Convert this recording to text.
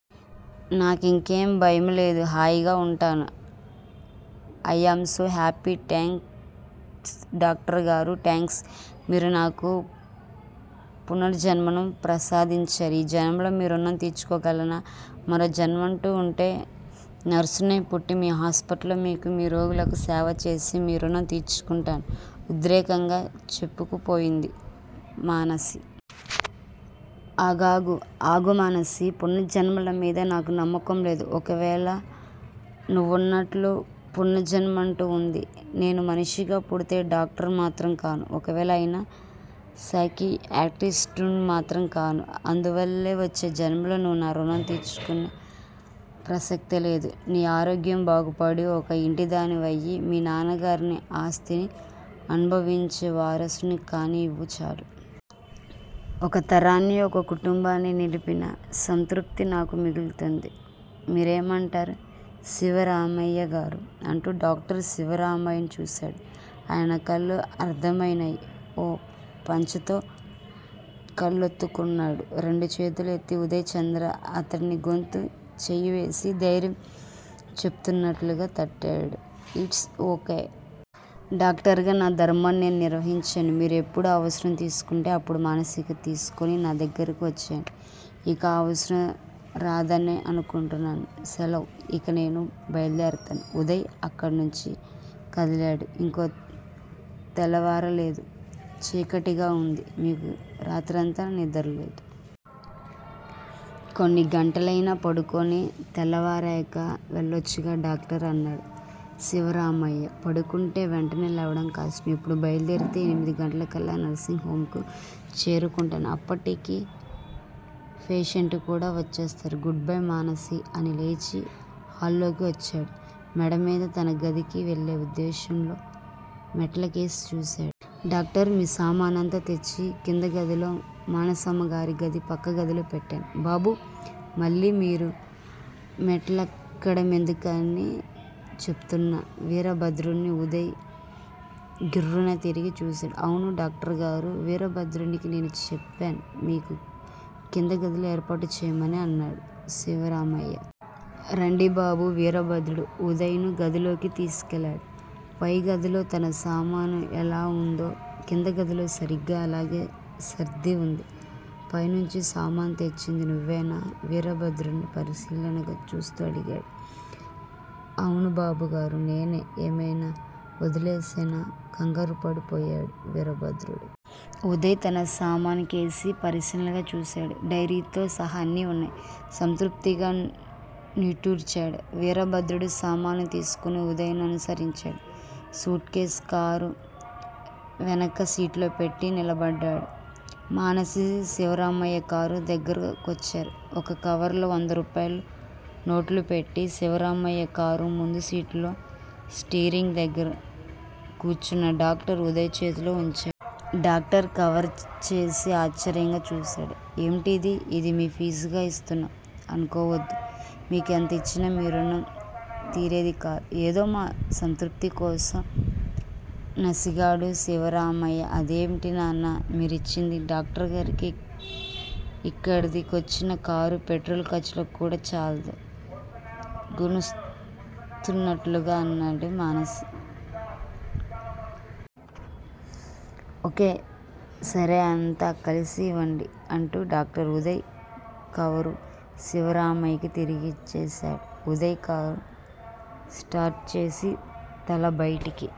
నాకింకే భయమూలేదు. హాయిగా వుంటాను. I am so happy! Thanks doctor గారూ! థ్యాంక్స్? మీరు నాకు పునర్జన్మను ప్రసాదించారు. ఈ జన్మలో మీ రుణం తీర్చుకోగలనా? మరో జన్మంటూ వుంటే, నర్సు నై పుట్టి మీ హాస్పట్లో, మీకూ, మీ రోగులకూ సేవచేసి మీ రుణం తీర్చుకుంటాను ఉద్రేకంగా చెప్పుకుపోయింది మానసి. ఆగాగు! ఆగు మానసీ! పునర్జన్మలమీద నాకు నమ్మకంలేదు. ఒకవేళ నువ్వన్నట్టు పునర్జన్మంటూ వుండి, నేనుమనిషిగా పుడితే డాక్టర్ను మాత్రం కాను. ఒకవేళ అయినా సైకియాట్రిస్టునుమాత్రం కాను. అందువల్ల వచ్చే జన్మలో నువ్వు నా రుణం తీర్చుకొనే ప్రసక్తేలేదు. నీ ఆరోగ్యం బాగుపడి, ఒక ఇంటిదానివయి, మీ నాన్నగారిని ఆస్తిని అణుభావించే వారసుడ్ని కానీ ఇవ్వు చాలు. ఒక తరాన్ని ఒక కుటుంబాన్ని నిలిపిన సంతృప్తి నాకు మిగులుతుంది, మీరేమంటారు శివరామయ్యగారూ? అంటూ డాక్టర్ శివరామయ్యను చూశాడు. ఆయనకళ్ళు ఆర్ద్రమైనాయి. ఓ పంచతో కళ్ళోత్తుకున్నాడు. రెండు చేతులూ ఎత్తి ఉదయ్ చంద్ర అతడి గొంతు చెయ్యివేసి దైర్యం చెపుతున్నట్లు గా తట్టాడు. It's కె! డాక్టర్ గా నా ధర్మాన్ని నేను నిర్వహించాను మీరు ఎప్పుడు అవసరం అనుకొంటే, అప్పుడు మానసిని తీసుకొని నా దగ్గరకు వచ్చెయ్యండి. ఇక ఆ అవసరం రాదనే అనుకొంటున్నాను. శెలవ్. ఇక నేను బయలుదేర్తాను. ఉదయ్ అక్కడ్నుంచి కదిలాడు. ఇంకా తెల్లవారలేదు. చీకటిగా వుంది. మీకు రాత్రంతా నిద్రలేదు. కొన్ని గంటలైనా పడుకొని, తెల్లవారాకా వెళ్ళోచ్చుగా డాక్టర్! అన్నాడు శివరామయ్య. పడుకుంటే వెంటనే లేవడం కష్టం! ఇప్పుడు బయలుదేరితే ఎనిమిది గంటలకళ్ళా నర్సింగ్ హొమ్ కు చేరుకుంటాను. అప్పటికి ఫేషెంట్ కూడా వచ్చేస్తారు. Goodbye Manasi! అని లేచి హాల్లోకి వచ్చాడు. మేడమీద తన గదికి వెళ్ళే ఉద్దేశ్యంలో మెట్లకేసి చూశాడు. డాక్టర్! మీ సామానంతా తెచ్చి కింద గదిలో మానసమ్మగారి గది పక్కగదిలో పెట్టాను బాబూ. మళ్ళీ మీరు మెట్లెక్కడమెందుకని చెప్తూన్న వీరభద్రుడ్ని ఉదయ్ గిర్రున తిరిగి చూశాడు. అవును డాక్టర్ గారూ. వీరభద్రుని కి నేను చెప్పాను. మీకు కింద గదిలో ఏర్పాటు చెయ్యమని అన్నాడు శివరామయ్య. రండి బాబూ! వీరభద్రుడు ఉదయ్ ను గదిలోకి తీసుకెళ్ళాడు. పై గదిలో తన సామాను ఎలావుందో కింద గదిలో సరిగ్గా అలాగే సర్దివుంది. పైనుంచి సామాను తెచ్చింది నువ్వేనా? వీరభద్రుడ్ని పరిశీలనగా చూస్తూ అడిగాడు. అవును బాబుగారూ! నేనే! ఏమైనా వదిలేశానా? కంగారూపడి పోయాడు వీరభద్రుడు. ఉదయ్ తన సామానుకేసి పరిశీలనగా చూశాడు. డైరీతో సహాఅన్నీ వున్నాయి. సంతృప్తిగా నిట్టూర్చాడు. వీరభద్రుడు సామాను తీసుకొని ఉదయ్ ను అనుసరించాడు. సూట్ కేసు కారు వెనకసీట్లో పెట్టి నిలబడ్డాడు. మానసి, శివరామయ్య కారు దగ్గరకొచ్చారు. ఒక కవరులో వందరూపాయల నోట్లుపెట్టి, శివరామయ్య కారు ముందుసీట్లో స్టీరింగ్ దగ్గిర కూర్చున్న డాక్టర్ ఉదయ్ చేతుల్లో వుంచా డాక్టర్ కవర్ చేసి ఆశ్చర్యంగా చూశాడు. ఏమిటిది? ఇది మీ ఫీజుగా ఇస్తున్నాం అనుకోవద్దు మీకెంత ఇచ్చినా మీ రుణం తీరేదికాదు. ఏదో మా సంతృప్తికోసం నసిగాడు శివరామయ్య. అదేమిటి నాన్నా! మీరిచ్చింది డాక్టర్ గారికి ఇక్కడి కొచ్చినకారు పెట్రోలు ఖర్చులకు కూడా చాలదు. గుణుస్తున్నట్లుగా అన్నది మానసి. ఒకే సరే అంతా కలిసి ఇవ్వండి అంటూ డాక్టర్ ఉదయ్, కవరు శివరామయ్యకు తిరిగి ఇచ్చేశాడు. ఉదయ్ కారు స్టార్ట్ చేసి తల బయటికి